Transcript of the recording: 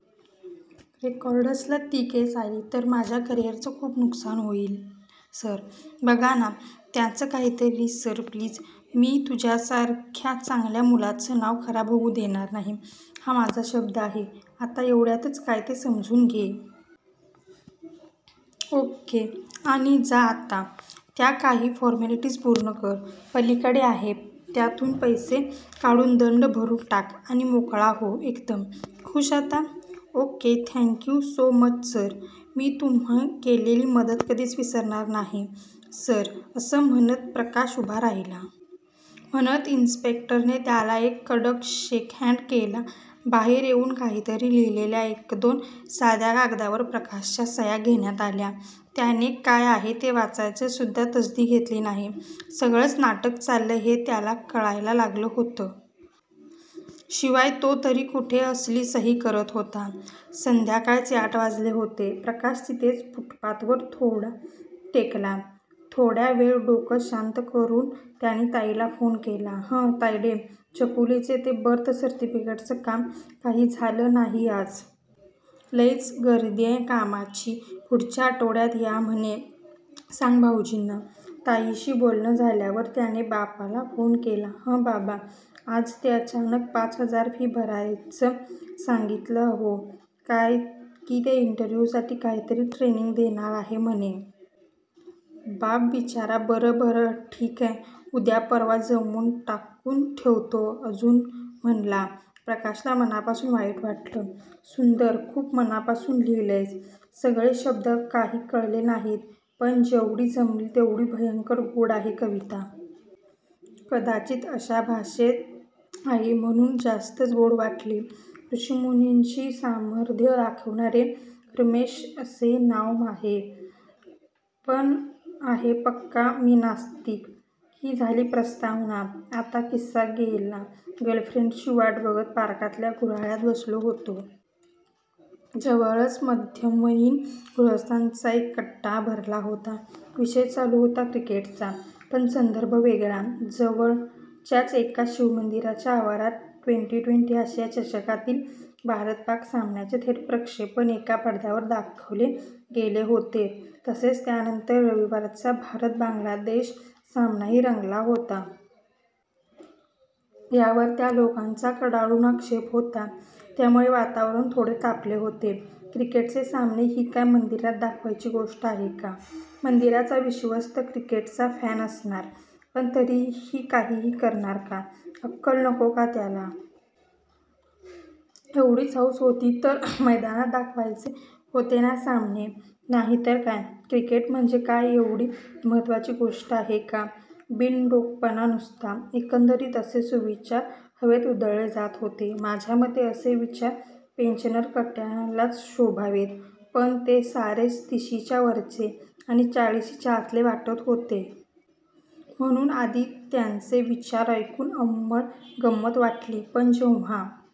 रेकॉर्ड्सला ती केस आली तर माझ्या करिअरचं खूप नुकसान होईल सर. बघा ना त्याचं काहीतरी सर प्लीज. मी तुझ्यासारख्या चांगल्या मुलाचं नाव खराब होऊ देणार नाही हा माझा शब्द आहे. आता एवढ्यातच काय ते समजून घे. ओके? आणि जा आता, त्या काही फॉर्मॅलिटीज पूर्ण कर. पलीकडे आहे, त्यातून पैसे काढून दंड भरून टाक आणि मोकळा हो एकदम. खुश आता? Okay thank you so much sir. मी तुम्ही केलेली मदत कधीच विसरणार नाही सर असं म्हणत प्रकाश उभा राहिला. म्हणत इन्स्पेक्टरने त्याला एक कडक शेकहँड केला. बाहेर येऊन काहीतरी लिहिलेल्या एकदोन साध्या कागदावर प्रकाशच्या सह्या घेण्यात आल्या. त्याने काय आहे ते वाचायची सुद्धा तसदी घेतली नाही. सगळंच नाटक चाललंय हे त्याला कळायला लागलं होतं. शिवाय तो तरी कुठे असली सही करत होता. संध्याकाळचे आठ वाजले होते. प्रकाश तिथेच फुटपाथवर थोडा टेकला. थोड्या वेळ डोकं शांत करून त्याने ताईला फोन केला, ह तायडे, छकुलीचे ते बर्थ सर्टिफिकेटचं काम काही झालं नाही आज. लैच गर्दीये कामाची पुढच्या आठवड्यात या म्हणे, सांग भाऊजींना. ताईशी बोलणं झाल्यावर त्याने बापाला फोन केला, हं बाबा. आज ते अचानक पाच हजार फी भरायचं सांगितलं अहो, काय कि ते इंटरव्ह्यूसाठी काहीतरी ट्रेनिंग देणार आहे म्हणे. बाप बिचारा बरं बरं ठीके उद्या परवा जमवून टाकून ठेवतो अजून म्हणला, प्रकाशला मनापासून वाईट वाटलं. सुंदर, खूप मनापासून लिहीलेयस. सगळे शब्द काही कळले नाहीत पण जेवढी समजली तेवढी भयंकर गोड आहे कविता. कदाचित अशा भाषेत आहे म्हणून जास्तच गोड वाटली. ऋषीमुनींशी साधर्म्य दाखवणारे ऋन्मेष असे माझे नाव आहे, पण आहे पक्का मी नास्तिक. ही झाली प्रस्तावना. आता किस्सा झेला! गर्लफ्रेंडची वाट बघत पार्कातल्या गुऱ्हाळात बसलो होतो. जवळच मध्यमवयीन गृहस्थांचा एक कट्टा भरला होता. विषय चालू होता क्रिकेटचा. पण संदर्भ वेगळा. जवळच्याच एका शिवमंदिराच्या आवारात ट्वेंटी-ट्वेन्टी आशिया चषकातील भारत-पाक सामन्याचे थेट प्रक्षेपण एका पडद्यावर दाखवले गेले होते. तसेच त्यानंतर रविवारचा भारत-बांगलादेश सामनाही रंगला होता. यावर त्या लोकांचा कडाडून आक्षेप होता, त्यामुळे वातावरण थोडे तापले होते. क्रिकेटचे सामने ही काय मंदिरात दाखवायची गोष्ट आहे का? मंदिराचा विश्वस्त क्रिकेटचा फॅन असणार? पण तरीही काहीही करणार का? अक्कल नको का त्याला? एवढीच हौस होती तर मैदानात दाखवायचे होते ना सामने. नाही तर काय, क्रिकेट म्हणजे काय एवढी महत्त्वाची गोष्ट आहे का? बिनडोकपणा नुसता. एकंदरीत असे सुविचार हवेत उधळले जात होते. माझ्यामते असे विचार पेन्शनर कट्ट्यालाच शोभावेत, पण ते सारेच तिशीच्या वरचे आणि चाळिशीच्या आतले वाटत होते. म्हणून आधी त्यांचे विचार ऐकून अंमळ गंमत वाटली. पण जेव्हा